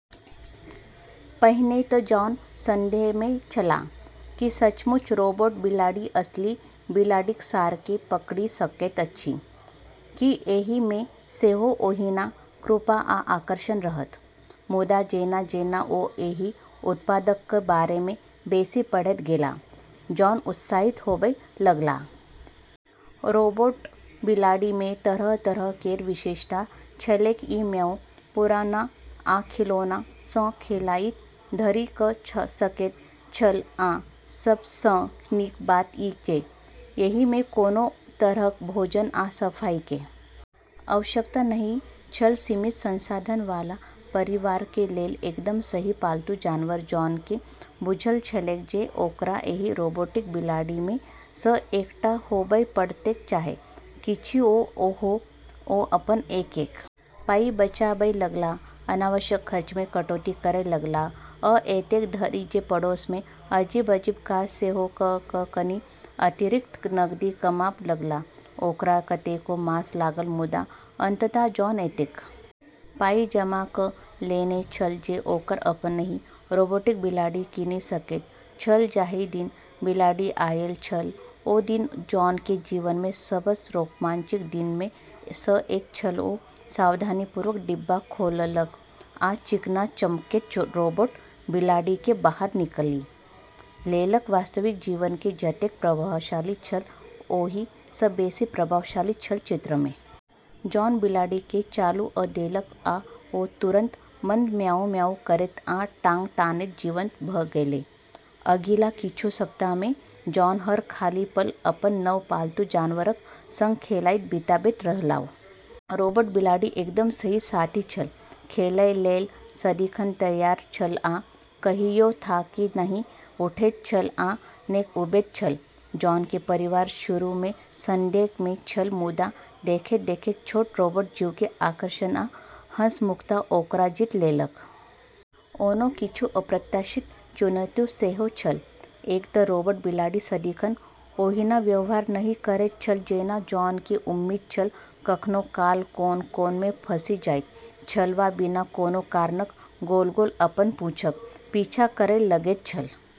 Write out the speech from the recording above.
पहिने त जॉन संदेह मे छलाह। की सचमुच रोबोट बिलाड़ि असली बिलाड़िक सार के पकड़ि सकैत अछि? की एहि मे सेहो ओहिना कृपा आ आकर्षण रहत? मुदा जेना-जेना ओ एहि उत्पाद क बारे मे बेसी पढ़ैत गेलाह, जॉन उत्साहित होबय लगलाह। रोबोट बिलाड़ि मे तरह-तरह केर विशेषता छलैक ई म्याऊ, पुरना आ खिलौना सं खेलाइत धरि क सकैत छल आ सब सं नीक बात ई जे एहि में कोनो तरहक भोजन आ सफाई के आवश्यकता नहिं छल सीमित संसाधन वाला परिवार के लेल एकदम सही पालतू जानवर जॉन केँ बुझल छलैक जे ओकरा एहि रोबोटिक बिलाड़ि मे सँ एकटा होबय पड़तैक चाहे किछुओ हो, ओ अपन एक-एक पाइ बचाबय लगलाह, अनावश्यक खर्च मे कटौती करय लगलाह आ एतेक धरि जे पड़ोस मे अजीब-अजीब काज सेहो क क‌ कनि अतिरिक्त नगदी कमाब लगलाह ओकरा कतेको मास लागल मुदा अंततः जॉन एतेक पाइ जमा क' लेने छल जे ओकर अपनहि रोबोटिक बिलाड़ि कीनि सकैत छल जाहि दिन बिलाड़ि आयल छल ओ दिन जॉन के जीवन के सबस रोमांचक दिन में स एक छल ओ सावधानीपूर्वक डिब्बा खोललक आ चिकना चमकैत रोबोट बिलाड़ि केँ बाहर निकालि लेलक वास्तविक जीवन मे जतेक प्रभावशाली छल ओहि स बेसी प्रभावशाली छल चित्र मे। जॉन बिलाड़ि केँ चालू क देलक आ ओ तुरन्त मंद म्याऊ म्याऊ करैत आ टांग तानैत जीवंत भ गेलै। अगिला किछु सप्ताह मे जॉन हर खाली पल अपन नव पालतू जानवरक संग खेलाइत बिताबैत रहलाह। रोबोट बिलाड़ि एकदम सही साथी छल, खेलय लेल सदिखन तैयार छल आ कहियो थाकि नहि उठैत छल आ ने ऊबैत छल, जॉन के परिवार शुरू में संदेह में छल मुदा देखैत-देखैत छोट रोबोट जीव के आकर्षण आ हंसमुखता ओकरा जीत लेलक। ओना किछु अप्रत्याशित चुनौती सेहो छल। एक त रोबोट बिलाड़ि सदिखन ओहिना व्यवहार नहि करैत छल जेना जॉन के उम्मीद छल कखनो काल कोन-कोन मे फँसि जाइत छल वा बिना कोनो कारणक गोल-गोल अपन पूँछक पीछा करय लगैत छल।